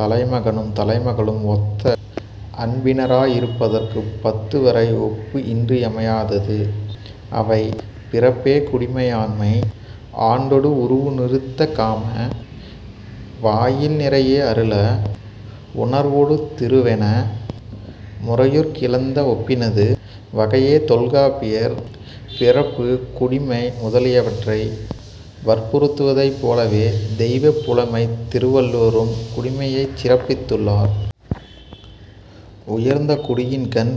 தலைமகனும் தலைமகளும் ஒத்த அன்பினராயிருப்பதற்குப் பத்துவரை ஒப்பு இன்றியமையாதது. அவை, பிறப்பே குடிமை ஆண்மை ஆண்டொடு உருவு நிறுத்த காம வாயில் நிறையே அருளே உணர்வொடு திருவென முறையுறக் கிளந்த ஒப்பினது வகையே தொல்காப்பியர் பிறப்பு, குடிமை முதலியவற்றை வற்புறுத்துவதைப் போலவே, தெய்வப் புலமைத் திருவள்ளுவரும், குடிமையைச் சிறப்பித்துள்ளார். உயர்ந்த குடியின்கண்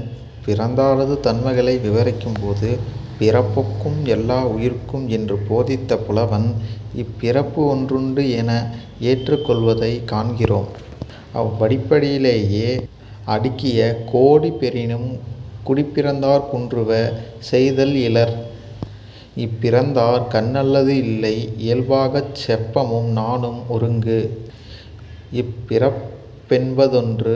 பிறந்தாரது தன்மைகளை விவரிக்கும்போது, "பிறப்பொக்கும் எல்லா உயிர்க்கும்" என்று போதித்த புலவன், 'இப்பிறப்பு ஒன்றுண்டு' என ஏற்றுக் கொள்வதைக் காண்கிறோம். அவ்வடிப்படையிலேயே "அடுக்கிய கோடி பெறினும் குடிப்பிறந்தார் குன்றுவ செய்தல் இலர்" "இற்பிறந்தார் கண்ணல்லது இல்லை இயல்பாகச் செப்பமும் நாணும் ஒருங்கு" "இற்பிறப் பென்பதொன்று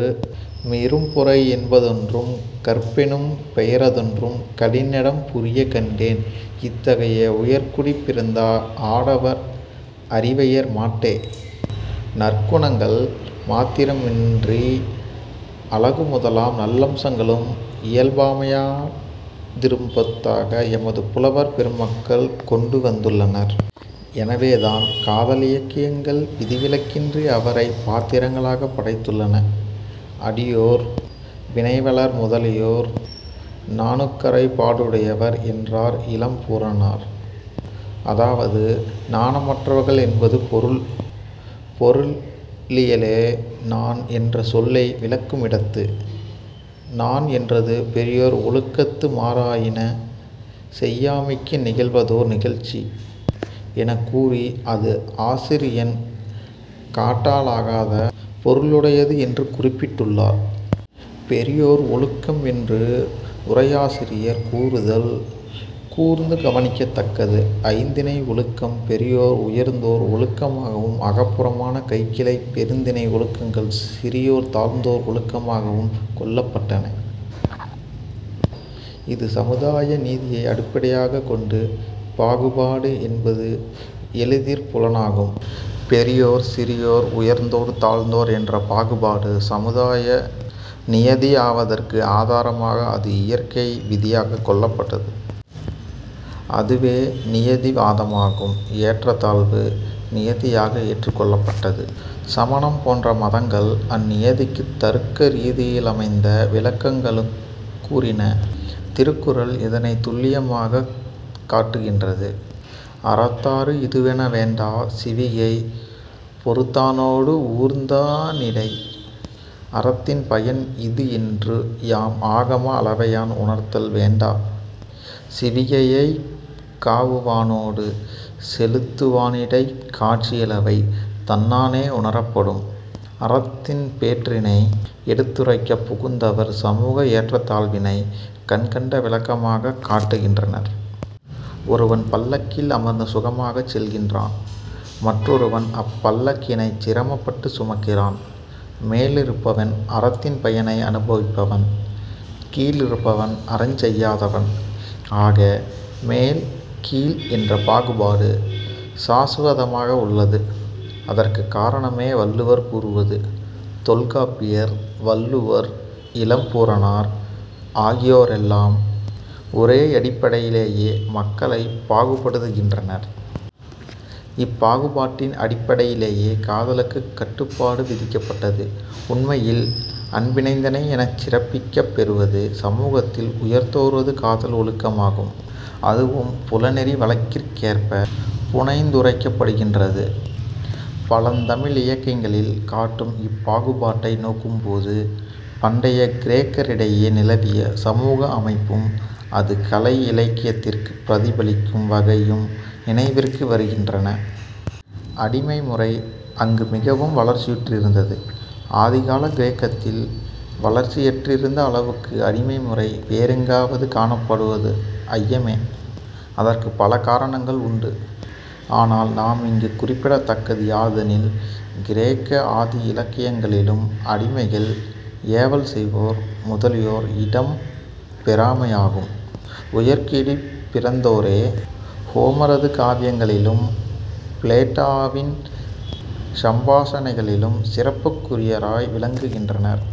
மிரும்பொறை யென்பதொன்றும் கற்பெனும் பெயர தொன்றுங் களிநடம் புரியக் கண்டேன்" இத்தகைய உயர்குடிப்பிறந்த ஆடவர் அரிவையர் மாட்டே, நற்குணங்கள், மாத்திரமன்றி அழகு முதலாம் நல்லம்சங்களும் இயல்பாயமைந்திருப்பதாக எமது புலவர் பெருமக்கள் கொண்டு வந்துள்ளனர். எனவேதான் காதலிலக்கியங்கள் விதிவிலக்கின்றி அவரைப் பாத்திரங்களாகப் படைத்துள்ளன. அடியோர், வினைவலர் முதலியோர் 'நாணுக்கறை பாடுடையவர்' என்றார் இளம்பூரணர். அதாவது நாணமற்றவர்கள் என்பது பொருள். பொருளியலிலே 'நாண்' என்ற சொல்லை விளக்குமிடத்து, "நாண் என்றது-பெரியோர் ஒழுக்கத்து மாறாயின செய்யாமைக்கு நிகழ்வதோர் நிகழ்ச்சி" எனக்கூறி, அது ஆசிரியன் காட்டலாகாத பொருளுடையது என்று குறிப்பிட்டுள்ளார். 'பெரியோர் ஒழுக்கம்' என்று உரையாசிரியர் கூறுதல் கூர்ந்து கவனிக்கத்தக்கது. ஐந்திணை ஒழுக்கம் பெரியோர் உயர்ந்தோர்- ஒழுக்கமாகவும், அகப்புறமான கைக்கிளை பெருந்திணை ஒழுக்கங்கள் சிறியோர்-தாழ்ந்தோர் ஒழுக்கமாகவும் கொள்ளப்பட்டன. இது சமுதாய நீதியை அடிப்படையாகக் கொண்ட பாகுபாடு என்பது எளிதிற் புலனாகும். பெரியோர்-சிறியோர், உயர்ந்தோர் தாழ்ந்தோர், என்ற பாகுபாடு சமுதாய நியதியாவதற்கு ஆதாரமாக அது இயற்கை விதியாகக் கொள்ளப்பட்டது. அதுவே நியதிவாதமாகும். ஏற்றத்தாழ்வு நியதியாக ஏற்றுக்கொள்ளப்பட்டது. சமணம் போன்ற மதங்கள் அந்நியதிக்குத் தருக்க ரீதியிலமைந்த விளக்கங்களுங் கூறின. திருக்குறள் இதனைத் துல்லியமாகக் காட்டுகீன்றது: "அறத்தாறு இதுவென வேண்டா சிவிகை பொறுத்தானோடு ஊர்ந்தா னிடை" "அறத்தின் பயன் இது என்று யாம் ஆகம அளவையான் உணர்த்தல் வேண்டா; சிவிகையைக் காவுவானோடு செலுத்துவானிடைக் காட்சியளவை தன்னானே உணரப்படும்" அறத்தின் பேற்றினை எடுத்துரைக்கப் புகுந்தவர் சமூக ஏற்றத்தாழ்வினைக் கண்கண்ட விளக்கமாகக் காட்டுகின்றார். ஒருவன் பல்லக்கில் அமர்ந்து சுகமாகச் செல்கின்றான். மற்றொருவன் அப்பல்லக்கினைச் சிரமப்பட்டுச் சுமக்கிறான். மேலிருப்பவன் அறத்தின் பயனை அனுபவிப்பவன். கீழிருப்பவன் அறஞ்செய்யாதவன். ஆக, மேல், கீழ் என்ற பாகுபாடு சாசுவதமாக உள்ளது. அதற்குக் காரணமே வள்ளுவர் கூறுவது. தொல்காப்பியர், வள்ளுவர், இளம்பூரணர், ஆகியோரெல்லாம் ஒரேயடிப்படையிலேயே மக்களைப் பாகுபடுத்துகின்றனர். இப்பாகுபாட்டின் அடிப்படையிலேயே காதலுக்குக் கட்டுப்பாடு விதிக்கப்பட்டது. உண்மையில் அன்பினைந்திணை எனச் சிறப்பிக்கப்பெறுவது சமூகத்தில் உயர்ந்தோரது காதல் ஒழுக்கமாகும். அதுவும் புலனெறி வழக்கிற்கேற்பப் புனைந்துரைக்கப்படுகின்றது. பழந்தமிழிலக்கியங்கள் காட்டும் இப்பாகுபாட்டை நோக்கும் போது, பண்டைய கிரேக்கரிடையே நிலவிய சமூக அமைப்பும், அது கலை இலக்கியத்திற் பிரதிபலிக்கும் வகையும் நினைவிற்கு வருகின்றன. அடிமைமுறை அங்கு மிகவும் வளர்ச்சியுற்றிருந்தது. ஆதிகாலக் கிரேக்கத்தில் வளர்ச்சி யற்றிருந்த அளவுக்கு அடிமைமுறை வேறெங்கேயாவது காணப்படுவது ஐயமே. அதற்குப் பல காரணங்கள் உண்டு. ஆனால் நாம் இங்குக் குறிப்பிடத்தக்கது யாதெனில் கிரேக்க ஆதி இலக்கியங்களிலும் அடிமைகள், ஏவல் செய்வோர் முதலியோர் இடம் பெறாமையாகும். உயர்குடிப் பிறந்தோரே ஹோமரது காவியங்களிலும் பிளேட்டோவின் சம்பாஷணைகளிலும் சிறப்புக்குரியராய் விளங்குகின்றார்.